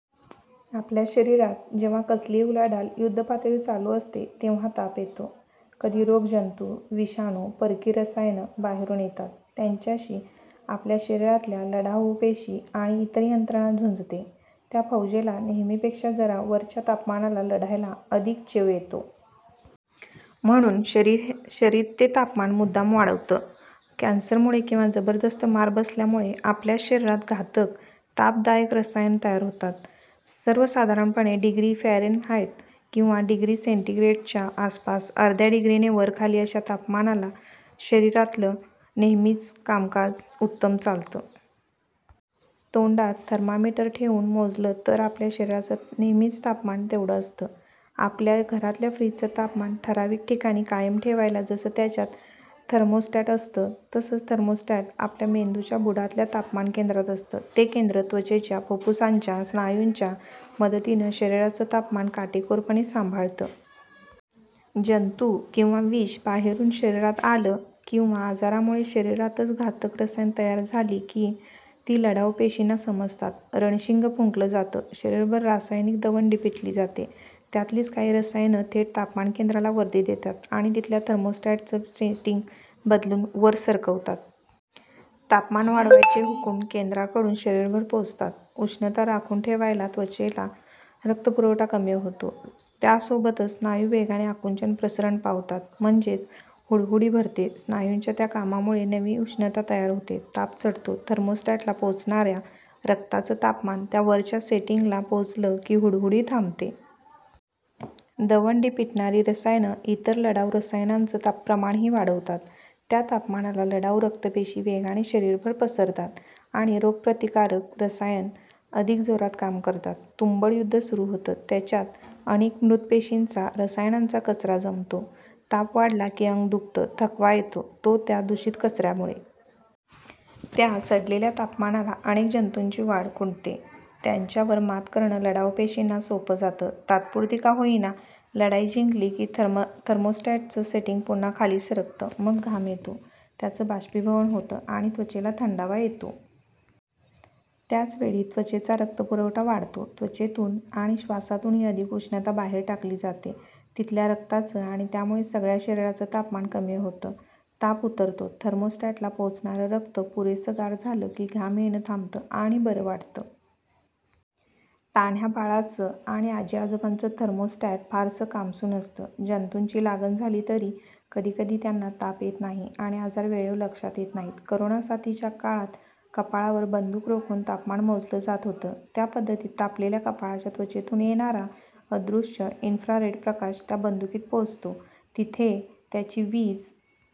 आपल्या शरीरात जेव्हा कसलीही उलाढाल युद्धपातळीवर चालू असते, तेव्हा ताप येतो. कधी रोगजंतू, विषाणू, परकी रसायनं बाहेरून येतात. त्यांच्याशी आपल्या शरीरातल्या लढाऊ पेशी आणि इतर यंत्रणा झुंजते. त्या फौजेला नेहमीपेक्षा जरा वरच्या तापमानाला लढायला अधिक चेव येतो. म्हणून शरीर ते तापमान मुद्दाम वाढवतं. कॅन्सरमुळे किंवा जबरदस्त मार बसल्यामुळे आपल्याच शरीरात घातक, 'ताप'दायक रसायनं तयार होतात. सर्वसाधारणपणे डिग्री फॅरेनहाइट किंवा डिग्री सेंटिग्रेडच्या आसपास, अर्ध्या डिग्रीने वरखाली अशा तापमानाला शरीरातलं नेहमीचं कामकाज उत्तम चालतं. तोंडात थर्मामीटर ठेवून मोजलं तर आपल्या शरीराचं नेहमीचं तापमान तेवढं असतं. आपल्या घरातल्या फ्रिजचं तापमान ठरावीक ठिकाणी कायम ठेवायला जसं त्याच्यात थर्मोस्टॅट असतं, तसंच थर्मोस्टॅट आपल्या मेंदूच्या बुडातल्या तापमानकेंद्रात असतं. ते केंद्र त्वचेच्या, फुप्फुसांच्या, स्नायूंच्या मदतीनं शरीराचं तापमान काटेकोरपणे सांभाळतं. जंतू किंवा विष बाहेरून शरीरात आलं, किंवा आजारामुळे शरीरातच घातक रसायनं तयार झाली की, ती लढाऊ पेशींना समजतात. रणशिंग फुंकलं जातं. शरीरभर रासायनिक दवंडी पिटली जाते. त्यातलीच काही रसायनं थेट तापमानकेंद्राला वर्दी देतात आणि तिथल्या थर्मोस्टॅटचं सेटिंग बदलून वर सरकवतात. तापमान वाढवायचे हुकूम केंद्राकडून शरीरभर पोचतात. उष्णता राखून ठेवायला त्वचेचा रक्तपुरवठा कमी होतो. त्यासोबतच स्नायू वेगाने आकुंचन-प्रसरण पावतात. म्हणजेच हुडहुडी भरते. स्नायूंच्या त्या कामामुळे नवी उष्णता तयार होते. ताप चढतो. थर्मोस्टॅटला पोचणाऱ्या रक्ताचं तापमान त्या वरच्या सेटिंगला पोचलं की हुडहुडी थांबते. दवंडी पिटणारी रसायनं इतर लढाऊ रसायनांचं प्रमाणही वाढवतात. त्या तापमानाला लढाऊ रक्तपेशी वेगाने शरीरभर पसरतात आणि रोगप्रतिकारक रसायनं अधिक जोरात काम करतात. तुंबळ युद्ध सुरू होतं, त्याच्यात अनेक मृत पेशींचा, रसायनांचा कचरा जमतो. ताप वाढला की, अंग दुखतं, थकवा येतो तो त्या दूषित कचऱ्यामुळे. त्या चढलेल्या तापमानाला अनेक जंतूंची वाढ खुंटते, त्यांच्यावर मात करणं लढाऊ पेशींना सोपं जातं. तात्पुरती का होईना, लढाई जिंकली की थर्मोस्टॅटचं सेटिंग पुन्हा खाली सरकतं. मग घाम येतो, त्याचं बाष्पीभवन होतं आणि त्वचेला थंडावा येतो. त्याच वेळी त्वचेचा रक्तपुरवठा वाढतो, त्वचेतून आणि श्वासातूनही अधिक उष्णता बाहेर टाकली जाते. तिथल्या रक्ताचं आणि त्यामुळे सगळ्या शरीराचं तापमान कमी होतं. ताप उतरतो. थर्मोस्टॅटला पोचणारं रक्त पुरेसं गार झालं की घाम येणं थांबतं आणि बरं वाटतं. तान्ह्या बाळांचं आणि आजीआजोबांचं थर्मोस्टॅट फारसं कामसू नसतं. जंतूंची लागण झाली तरी कधीकधी त्यांना ताप येत नाही आणि आजार वेळेवर लक्षात येत नाही. करोनासाथीच्या काळात कपाळावर बंदूक रोखून तापमान मोजलं जात होतं. त्या पद्धतीत तापलेल्या कपाळाच्या त्वचेतून येणारा, अदृश्य इन्फ्रारेड प्रकाश त्या बंदुकीत पोचतो. तिथे त्याची वीज